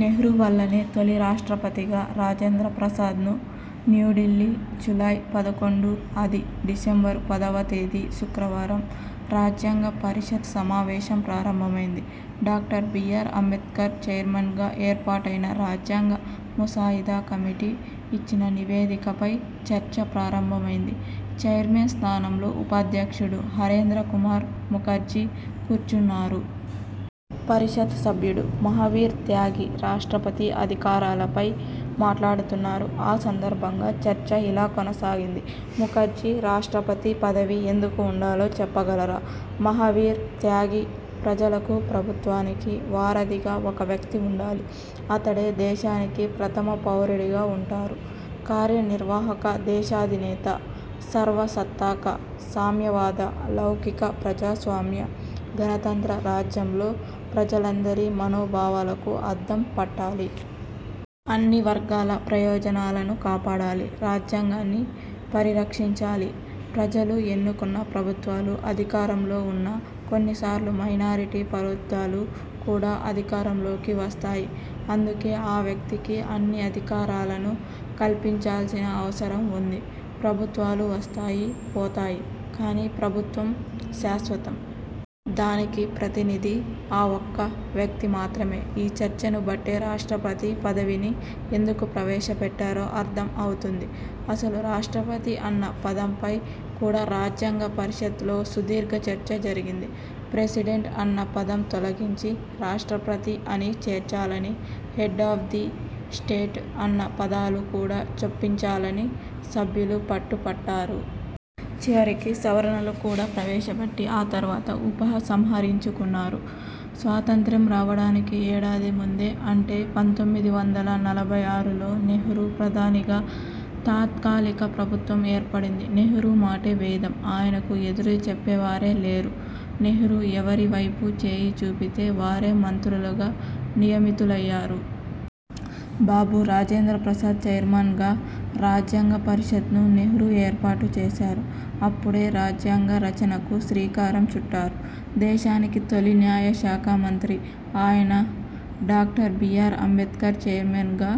నెహ్రూ వల్లనే తొలి రాష్ట్రపతిగా రాజేంద్రప్రసాద్న్ న్యూ ఢిల్లీ, జూలై పదకొండు 'అది, డిసెంబరు పదివ తేదీ శుక్రవారం. రాజ్యాంగ పరిషత్ సమావేశం ప్రారంభమైంది. డాక్టర్ బీఆర్ అంబేడ్కర్ చైర్మన్గా ఏర్పాటైన రాజ్యాంగ ముసాయిదా కమిటీ ఇచ్చిన నివేదిక పై చర్చ ప్రారంభమైంది. చైర్మన్ స్థానంలో ఉపాధ్యక్షుడు హరేంద్ర కుమార్ ముఖర్జీ కూర్చున్నారు. పరిషత్ సభ్యుడు మహావీర్ త్యాగి రాష్ట్రపతి అధికారాల పై మాట్లాడుతున్నారు, ఆ సందర్భంగా చర్చ ఇలా కొనసాగింది. ముఖర్జీ రాష్ట్రపతి పదవి ఎందుకు ఉండాలో చెప్పగలరా? మహావీర్ త్యాగి 'ప్రజలకు, ప్రభుత్వానికి వారధిగా ఒక వ్యక్తి ఉండాలి. అతడే దేశానికి ప్రథమ పౌరుడిగా ఉంటారు. కార్య నిర్వాహక దేశాధినేత, సర్వసత్తాక, సామ్యవాద, లౌకిక, ప్రజాస్వామ్య, గణతంత్ర రాజ్యంలో ప్రజలందరి మనో భావాలకు అద్దం పట్టాలి. అన్ని వర్గాల ప్రయోజనాలను కాపాడాలి. రాజ్యాంగాన్ని పరి రక్షించాలి. ప్రజలు ఎన్నుకున్న ప్రభుత్వాలు అధికారంలో ఉన్నా, కొన్ని సార్లు మైనారిటీ ప్రభుత్వాలు కూడా అధికారం లోకి వస్తాయి. అందుకే ఆ వ్యక్తికి అన్ని అధికారాలను కల్పించాల్సిన అవసరం ఉంది. ప్రభుత్వాలు వస్తాయి, పోతాయి. కానీ ప్రభుత్వం శాశ్వతం. దానికి ప్రతినిధి ఆ ఒక్క వ్యక్తి మాత్రమే ఈ చర్చను బట్టే రాష్ట్రపతి పదవిని ఎందుకు ప్రవేశ పెట్టారో అర్ధం అవుతుంది. అసలు రాష్ట్రపతి అన్న పదంపై కూడా రాజ్యాంగ పరిషత్లో సుదీర్ఘ చర్చ జరిగింది. ప్రెసిడెంట్ అన్న పదం తొలగించి రాష్ట్రపతి అని చేర్చాలని, హెడ్ ఆఫ్ ది స్టేట్ అన్న పదాలు కూడా చొప్పించాలని సభ్యులు పట్టు బట్టారు. చివరికి సవరణలు కూడా ప్రవేశ పెట్టి ఆ తర్వాత ఉపసంహరించుకున్నారు. స్వాతంత్య్రం రావడానికి ఏడాది ముందే, అంటే పంతొమ్మిది వందల నలభై ఆరులో నెహ్రూ ప్రధానిగా తాత్కాలిక ప్రభుత్వం ఏర్పడింది. నెహ్రూ మాటే వేదం. ఆయనకు ఎదురు చెప్పేవారే లేరు. నెహ్రూ ఎవరి వైపు చేయి చూపితే వారే మంత్రులుగా నియమితులయ్యారు. బాబూ రాజేంద్రప్రసాద్ చైర్మన్గా రాజ్యాంగ పరిషత్ను నెహ్రూ ఏర్పాటు చేశారు. అప్పుడే రాజ్యాంగ రచనకు శ్రీకారం చుట్టారు. దేశానికి తొలి న్యాయ శాఖ మంత్రి అయిన డాక్టర్ బీఆర్ అంబేడ్కర్ చైర్మన్గా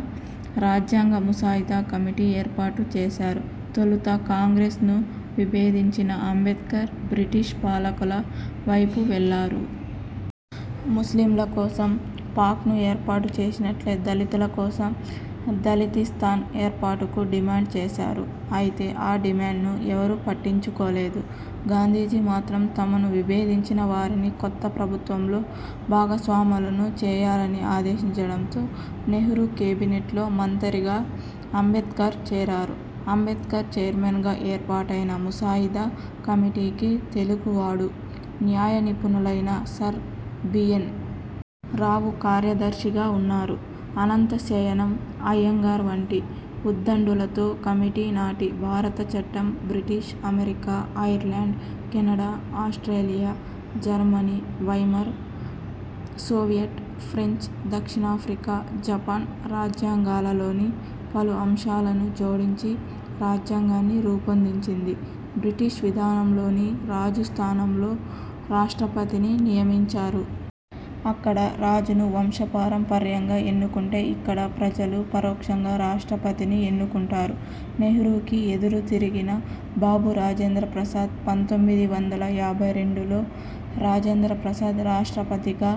రాజ్యాంగ ముసాయిదా కమిటీ ఏర్పాటు చేశారు. తొలుత కాంగ్రె్సను విభేదించిన అంబేడ్కర్ బ్రిటిష్ పాలకుల వైపు వెళ్లారు. ముస్లింల కోసం పాక్ను ఏర్పాటు చేసినట్లే దళితుల కోసం దళితిస్తాన్ ఏర్పాటుకు డిమాండ్ చేశారు. అయితే ఆ డిమాండ్ను ఎవరూ పట్టించు కోలేదు. గాంధీజీ మాత్రం తమను విభేదించిన వారినీ కొత్త ప్రభుత్వంలో భాగస్వాములను చేయాలని ఆదేశించడంతో నెహ్రూ కేబినెట్లో మంత్రిగా అంబేడ్కర్ చేరారు. అంబేడ్కర్ చైర్మన్గా ఏర్పాటైన ముసాయిదా కమిటీకి తెలుగు వాడు, న్యాయ నిపుణులైన సర్ బిఎన్. రావు కార్యదర్శిగా ఉన్నారు. అనంత శయనం అయ్యంగార్ వంటి ఉద్ధండులతో కమిటీ నాటి భారత చట్టం, British, America, Ireland, Canada, Australia, Germany Weimar, Soviet, French, దక్షిణాఫ్రికా, జపాన్ రాజ్యాంగాల లోని పలు అంశాలను జోడించి రాజ్యాంగాన్ని రూపొందించింది. బ్రిటిష్ విధానంలోని రాజు స్థానంలో రాష్ట్రపతిని నియమించారు. అక్కడ రాజును వంశపారం పర్యంగా ఎన్నుకుంటే ఇక్కడ ప్రజలు పరోక్షంగా రాష్ట్రపతిని ఎన్నుకుంటారు. నెహ్రూకి ఎదురు తిరిగిన బాబూ రాజేంద్రప్రసాద్ పంతొమ్మిది వందల యాభై రెండులో రాజేంద్ర ప్రసాద్ రాష్ట్రపతిగా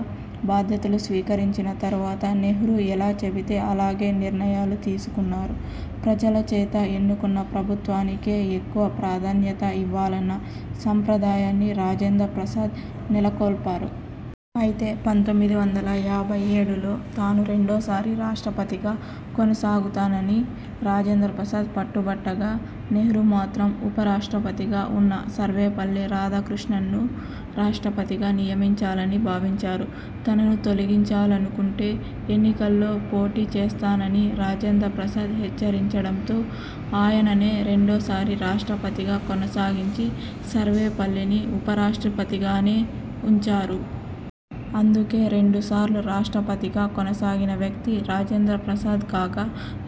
బాధ్యతలు స్వీకరించిన తరువాత నెహ్రూ ఎలా చెబితే అలాగే నిర్ణయాలు తీసుకున్నారు. ప్రజల చేత ఎన్నుకున్న ప్రభుత్వానికే ఎక్కువ ప్రాధాన్యత ఇవ్వాలన్న సంప్రదాయాన్ని రాజేంద్ర ప్రసాద్ నెల కొల్పారు. అయితే పంతొమ్మిది వందల యాభై ఏడులో తాను రెండో సారి రాష్ట్రపతిగా కొనసాగుతానని రాజేంద్రప్రసాద్ పట్టు బట్టగా, నెహ్రూ మాత్రం ఉప రాష్ట్రపతిగా ఉన్న సర్వేపల్లి రాధాకృష్ణన్ను రాష్ట్రపతిగా నియమించాలని భావించారు. తనను తొలగించాలను కుంటే ఎన్నికల్లో పోటీ చేస్తానని రాజేంద్ర ప్రసాద్ హెచ్చరించడంతో ఆయననే రెండో సారి రాష్ట్రపతిగా కొనసాగించి, సర్వేపల్లిని ఉప రాష్ట్రపతిగానే ఉంచారు. అందుకే రెండు సార్లు రాష్ట్రపతి గా కొనసాగిన వ్యక్తి రాజేంద్ర ప్రసాద్ కాగా,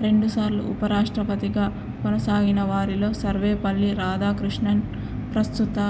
రెండు సార్లు ఉప రాష్ట్రపతిగా కొనసాగిన వారిలో సర్వేపల్లి రాధాకృష్ణన్, ప్రస్తుత